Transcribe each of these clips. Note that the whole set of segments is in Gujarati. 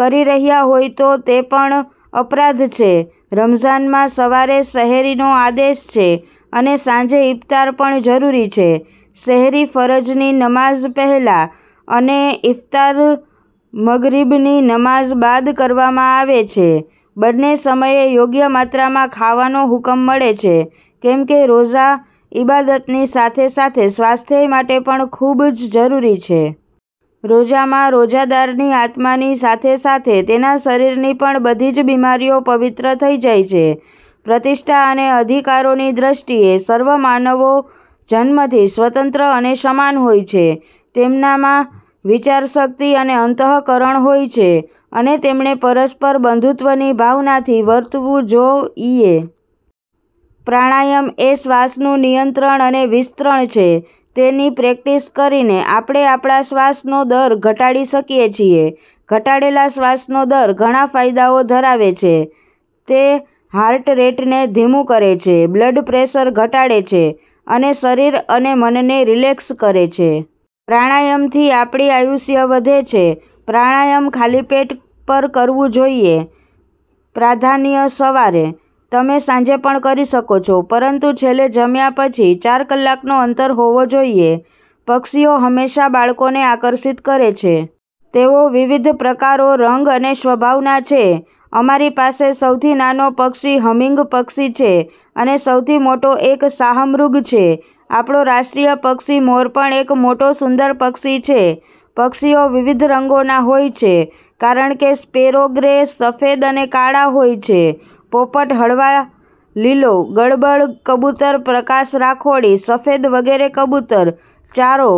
કરી રહ્યાં હોય તો તે પણ અપરાધ છે. રમઝાનમાં સવારે સહેરીનો આદેશ છે અને સાંજે ઈફ્તાર પણ જરૂરી છે. સેહરી ફરજની નમાઝ પહેલા અને ઈફ્તાર મગરિબની નમાઝ બાદ કરવામાં આવે છે. બંને સમયે યોગ્ય માત્રામાં ખાવાનો હુક્મ મળે છે કેમકે રોઝા ઈબાદતની સાથે સાથે સ્વાસ્થ્ય માટે પણ ખુબ જ જરૂરી છે. રોઝામાં રોઝાદારની આત્માની સાથે સાથે તેના શરીરની પણ બધી જ બિમારીઓ પવિત્ર થઈ જાય છે. પ્રતિષ્ઠા અને અધિકારોની દૃષ્ટિએ સર્વ માનવો જન્મથી સ્વતંત્ર અને સમાન હોય છે. તેમના માં વિચારશક્તિ અને અંતઃકરણ હોય છે અને તેમણે પરસ્પર બંધુત્વની ભાવનાથી વર્તવું જો ઈએ. પ્રાણાયમ એ શ્વાસનું નિયંત્રણ અને વિસ્તરણ છે. તેની પ્રેક્ટિસ કરીને, આપણે આપણા શ્વાસનો દર ઘટાડી શકીએ છીએ. ઘટાડેલા શ્વાસનો દર ઘણાં ફાયદાઓ ધરાવે છે. તે હાર્ટ રેટને ધીમું કરે છે, બ્લડ પ્રેશર ઘટાડે છે અને શરીર અને મનને રિલેક્સ કરે છે. પ્રાણાયામથી આપણી આયુષ્ય વધે છે. પ્રાણાયમ ખાલી પેટ પર કરવું જોઈએ, પ્રાધાન્ય સવારે. તમે સાંજે પણ કરી શકો છો પરંતુ છેલ્લે જમ્યા પછી ચાર કલાકનો અંતર હોવો જોઈએ. પક્ષીઓ હંમેશાં બાળકોને આકર્ષિત કરે છે. તેઓ વિવિધ પ્રકારો, રંગ અને સ્વભાવના છે. અમારી પાસે સૌથી નાનો પક્ષી-હમિંગ પક્ષી છે અને સૌથી મોટો એક શાહમૃગ છે. આપણો રાષ્ટ્રીય પક્ષી મોર પણ એક મોટો, સુંદર પક્ષી છે. પક્ષીઓ વિવિધ રંગોના હોય છે કારણ કે સ્પેરો ગ્રે, સફેદ અને કાળા હોય છે; પોપટ-હળવા લીલો, ગડબડ; કબૂતર-પ્રકાશ રાખોડી, સફેદ વગેરે કબૂતર, ચારો,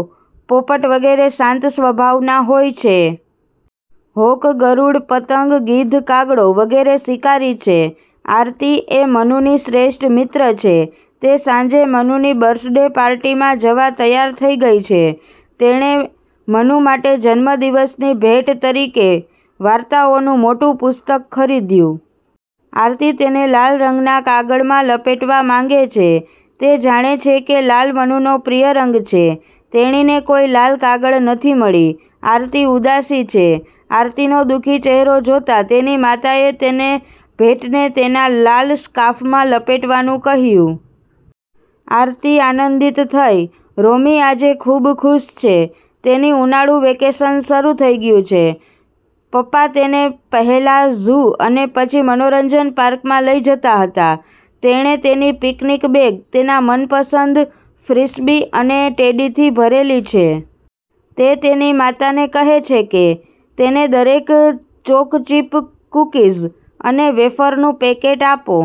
પોપટ વગેરે શાંત સ્વભાવના હોય છે. હોક, ગરુડ, પતંગ, ગીધ, કાગડો વગેરે શિકારી છે. આરતી એ મનુની શ્રેષ્ઠ મિત્ર છે. તે સાંજે મનુની બર્થડે પાર્ટીમાં જવા તૈયાર થઈ ગઈ છે. તેણે મનુ માટે જન્મદિવસની ભેટ તરીકે વાર્તાઓનું મોટું પુસ્તક ખરીદ્યું. આરતી તેને લાલ રંગના કાગળમાં લપેટવા માંગે છે. તે જાણે છે કે લાલ મનુનો પ્રિય રંગ છે. તેણીને કોઈ લાલ કાગળ નથી મળી. આરતી ઉદાસી છે. આરતીનો દુ:ખી ચહેરો જોતાં તેની માતાએ તેને ભેટને તેના લાલ સ્કાર્ફમાં લપેટવાનું કહ્યું! આરતી આનંદિત થઈ. રોમી આજે ખૂબ ખુશ છે. તેની ઉનાળુ વેકેશન શરૂ થઈ ગયું છે. પપ્પા તેને પહેલા ઝૂ અને પછી મનોરંજન પાર્કમાં લઈ જતા હતા. તેણે તેની પિકનિક બેગ તેના મનપસંદ ફ્રિસ્બી અને ટેડીથી ભરેલી છે. તે તેની માતાને કહે છે કે તેને દરેક ચોકચિપ કૂકીઝ અને વેફરનું પેકેટ આપો.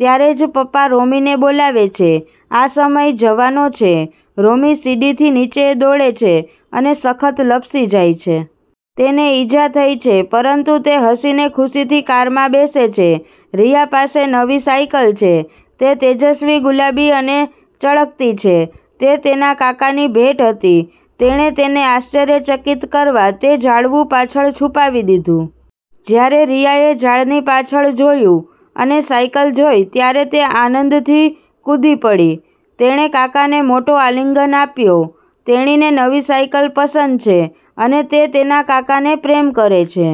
ત્યારે જ પપ્પા રોમીને બોલાવે છે, આ સમય જવાનો છે! રોમી સીડીથી નીચે દોડે છે અને સખત લપસી જાય છે. તેને ઈજા થઈ છે, પરંતુ તે હસીને ખુશીથી કારમાં બેસે છે. રિયા પાસે નવી સાયકલ છે. તે તેજસ્વી ગુલાબી અને ચળકતી છે. તે તેના કાકાની ભેટ હતી. તેણે તેને આશ્ચર્યચકિત કરવા તે ઝાડવું પાછળ છુપાવી દીધું. જ્યારે રિયાએ ઝાડની પાછળ જોયું અને સાયકલ જોઇ ત્યારે તે આનંદથી કૂદી પડી. તેણે કાકાને મોટો આલિંગન આપ્યો. તેણીને નવી સાયકલ પસંદ છે અને તે તેના કાકાને પ્રેમ કરે છે.